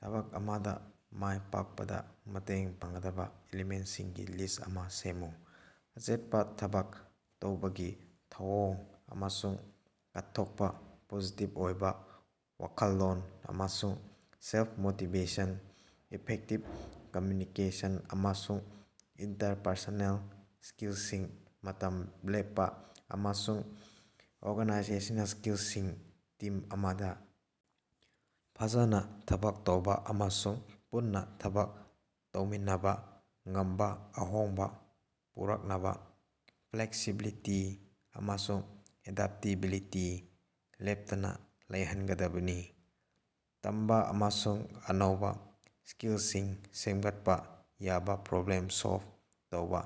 ꯊꯕꯛ ꯑꯃꯗꯥ ꯃꯥꯏ ꯄꯥꯛꯄꯗꯥ ꯃꯇꯦꯡ ꯄꯥꯡꯒꯗꯕꯥ ꯏꯂꯤꯃꯦꯟꯁꯤꯡꯒꯤ ꯂꯤꯁ ꯑꯃꯥ ꯁꯦꯝꯃꯨ꯫ ꯑꯆꯦꯠꯄꯥ ꯊꯕꯛ ꯇꯧꯕꯒꯤ ꯊꯧꯑꯣꯡ ꯑꯃꯁꯨꯡ ꯀꯠꯊꯣꯛꯄꯥ ꯄꯣꯖꯤꯇꯤꯕ ꯑꯣꯏꯕꯥ ꯋꯥꯈꯜꯂꯣꯟ ꯑꯃꯁꯨꯡ ꯁꯦꯜꯐ-ꯃꯣꯇꯤꯕꯦꯁꯟ ꯏꯐꯦꯛꯇꯤꯕ ꯀꯝꯃ꯭ꯌꯨꯅꯤꯀꯦꯁꯟ ꯑꯃꯁꯨꯡ ꯏꯟꯇꯔꯄꯔꯁꯣꯅꯦꯜ ꯁ꯭ꯀꯤꯜꯁꯤꯡ ꯃꯇꯝ ꯂꯦꯞꯄꯥ ꯑꯃꯁꯨꯡ ꯑꯣꯔꯒꯅꯥꯏꯖꯦꯁꯅꯦꯜ ꯁ꯭ꯀꯤꯜꯁꯤꯡ ꯇꯤꯝ ꯑꯃꯗꯥ ꯐꯖꯅꯥ ꯊꯕꯛ ꯇꯧꯕꯥ ꯑꯃꯁꯨꯡ ꯄꯨꯟꯅꯥ ꯊꯕꯛ ꯇꯧꯃꯤꯟꯅꯕꯥ ꯉꯝꯕꯥ ꯑꯍꯣꯡꯕꯥ ꯄꯨꯔꯛꯅꯕꯥ ꯐ꯭ꯂꯦꯛꯁꯤꯕꯤꯂꯤꯇꯤ ꯑꯃꯁꯨꯡ ꯑꯦꯗꯥꯞꯇꯦꯕꯤꯂꯤꯇꯤ ꯂꯦꯞꯇꯅꯥ ꯂꯩꯍꯟꯒꯗꯕꯅꯤ꯫ ꯇꯝꯕꯥ ꯑꯃꯁꯨꯡ ꯑꯅꯧꯕꯥ ꯁ꯭ꯀꯤꯜꯁꯤꯡ ꯁꯦꯝꯒꯠꯄꯥ ꯌꯥꯕꯥ ꯄ꯭ꯔꯣꯕ꯭ꯂꯦꯝ ꯁꯣꯜꯕ ꯇꯧꯕꯥ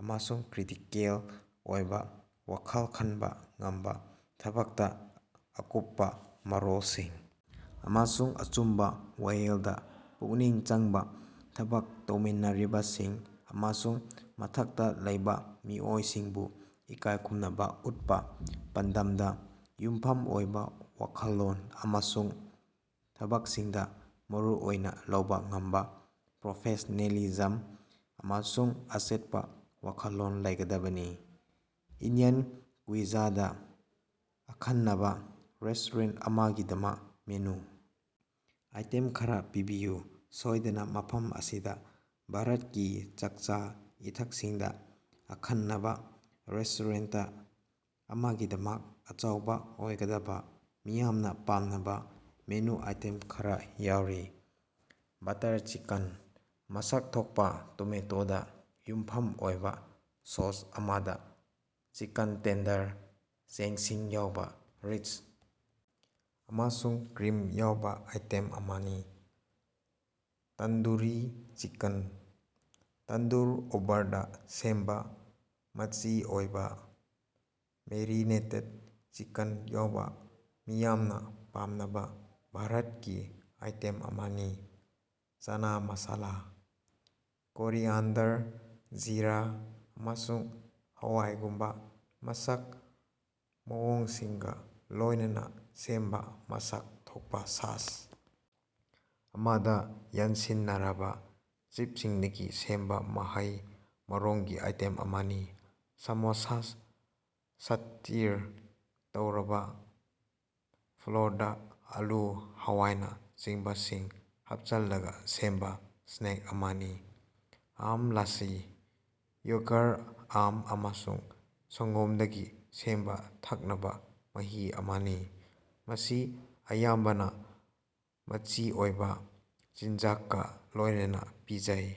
ꯑꯃꯁꯨꯡ ꯀ꯭ꯔꯤꯇꯤꯀꯦꯜ ꯑꯣꯏꯕꯥ ꯋꯥꯈꯜ ꯈꯟꯕꯥ ꯉꯝꯕꯥ ꯊꯕꯛꯇꯥ ꯑꯀꯨꯞꯄꯥ ꯃꯔꯣꯜꯁꯤꯡ ꯑꯃꯁꯨꯡ ꯑꯆꯨꯝꯕꯥ ꯋꯥꯌꯦꯜꯗꯥ ꯄꯨꯛꯅꯤꯡ ꯆꯪꯕꯥ ꯊꯕꯛ ꯇꯧꯃꯤꯟꯅꯔꯤꯕꯁꯤꯡ ꯑꯃꯁꯨꯡ ꯃꯊꯛꯇꯥ ꯂꯩꯕꯥ ꯃꯤꯑꯣꯏꯁꯤꯡꯕꯨ ꯏꯀꯥꯏꯈꯨꯝꯅꯕꯥ ꯎꯠꯄꯥ ꯄꯥꯟꯗꯝꯗꯥ ꯌꯨꯝꯐꯝ ꯑꯣꯏꯕꯥ ꯋꯥꯈꯜꯂꯣꯟ ꯑꯃꯁꯨꯡ ꯊꯕꯛꯁꯤꯡꯗꯥ ꯃꯔꯨꯑꯣꯏꯅꯥ ꯂꯧꯕꯥ ꯉꯝꯕꯥ ꯄ꯭ꯔꯣꯐꯦꯁꯅꯦꯂꯤꯖꯝ ꯑꯃꯁꯨꯡ ꯑꯆꯦꯠꯄꯥ ꯋꯥꯈꯜꯂꯣꯟ ꯂꯩꯒꯗꯕꯅꯤ꯫ ꯏꯟꯗꯤꯌꯟ ꯀ꯭ꯌꯨꯏꯖꯗꯥ ꯑꯈꯟꯅꯕꯥ ꯔꯦꯁꯇꯣꯔꯦꯟꯇ ꯑꯃꯒꯤꯗꯃꯛ ꯃꯦꯅꯨ ꯑꯥꯏꯇꯦꯝ ꯈꯔꯥ ꯄꯤꯕꯤꯌꯨ꯫ ꯁꯣꯏꯗꯅꯥ, ꯃꯐꯝ ꯑꯁꯤꯗꯥ ꯚꯥꯔꯠꯀꯤ ꯆꯥꯛꯆꯥ-ꯏꯊꯛꯁꯤꯡꯗꯥ ꯑꯈꯟꯅꯕꯥ ꯔꯦꯁꯇꯣꯔꯦꯟꯇ ꯑꯃꯒꯤꯗꯃꯛ ꯑꯆꯧꯕꯥ ꯑꯣꯏꯒꯗꯕꯥ ꯃꯤꯌꯥꯝꯅꯥ ꯄꯥꯝꯅꯕꯥ ꯃꯦꯅꯨ ꯑꯥꯏꯇꯦꯝ ꯈꯔꯥ ꯌꯥꯎꯔꯤ: ꯕꯠꯇꯔ ꯆꯤꯀꯟ: ꯃꯁꯛ ꯊꯣꯛꯄꯥ ꯇꯣꯃꯦꯇꯣꯗꯥ ꯌꯨꯝꯐꯝ ꯑꯣꯏꯕꯥ ꯁꯣꯁ ꯑꯃꯗꯥ ꯆꯤꯀꯟ ꯇꯦꯟꯗꯔ ꯆꯦꯡꯁꯤꯡ ꯌꯥꯎꯕꯥ ꯔꯤꯆ ꯑꯃꯁꯨꯡ ꯀ꯭ꯔꯤꯝ ꯌꯥꯎꯕꯥ ꯑꯥꯏꯇꯦꯝ ꯑꯃꯅꯤ꯫ ꯇꯟꯗꯨꯔꯤ ꯆꯤꯀꯟ: ꯇꯟꯗꯨꯔ ꯑꯣꯚꯔꯗꯥ ꯁꯦꯝꯕꯥ ꯃꯆꯤ ꯑꯣꯏꯕꯥ ꯃꯦꯔꯤꯅꯦꯇꯦꯗ ꯆꯤꯀꯟ ꯌꯥꯎꯕꯥ ꯃꯤꯌꯥꯝꯅꯥ ꯄꯥꯝꯅꯕꯥ ꯚꯥꯔꯠꯀꯤ ꯑꯥꯏꯇꯦꯝ ꯑꯃꯅꯤ꯫ ꯆꯅꯥ ꯃꯁꯥꯂꯥ: ꯀꯣꯔꯤꯌꯥꯟꯗꯔ, ꯖꯤꯔꯥ ꯑꯃꯁꯨꯡ ꯍꯋꯥꯏꯒꯨꯝꯕꯥ ꯃꯁꯛ ꯃꯑꯣꯡꯁꯤꯡꯒꯥ ꯂꯣꯏꯅꯅꯥ ꯁꯦꯝꯕꯥ ꯃꯁꯛ ꯊꯣꯛꯄꯥ ꯁꯁ ꯑꯃꯗꯥ ꯌꯥꯟꯁꯤꯟꯅꯔꯕꯥ ꯆꯤꯞꯁꯤꯡꯗꯒꯤ ꯁꯦꯝꯕꯥ ꯃꯍꯩ-ꯃꯔꯣꯡꯒꯤꯑꯥꯏꯇꯦꯝ ꯑꯃꯅꯤ꯫ ꯁꯥꯃꯣꯁꯥꯁ: ꯁꯇꯤꯔ ꯇꯧꯔꯕꯥ ꯐ꯭ꯂꯣꯔꯗꯥ ꯑꯥꯂꯨ, ꯍꯋꯥꯏꯅꯆꯤꯡꯕ ꯁꯤꯡ ꯍꯥꯞꯆꯜꯂꯒꯥ ꯁꯦꯝꯕ ꯁ꯭ꯅꯦꯛ ꯑꯃꯅꯤ꯫ ꯑꯥꯝ ꯂꯥꯁꯤ: ꯌꯣꯒꯔ, ꯑꯥꯝ ꯑꯃꯁꯨꯡ ꯁꯪꯒꯣꯝꯗꯒꯤ ꯁꯦꯝꯕꯥ ꯊꯛꯅꯕꯥ ꯃꯍꯤ ꯑꯃꯅꯤ, ꯃꯁꯤ ꯑꯌꯥꯝꯕꯅꯥ ꯃꯆꯤ ꯑꯣꯏꯕꯥ ꯆꯤꯟꯖꯥꯛꯀ ꯂꯣꯏꯅꯅꯥ ꯄꯤꯖꯩ꯫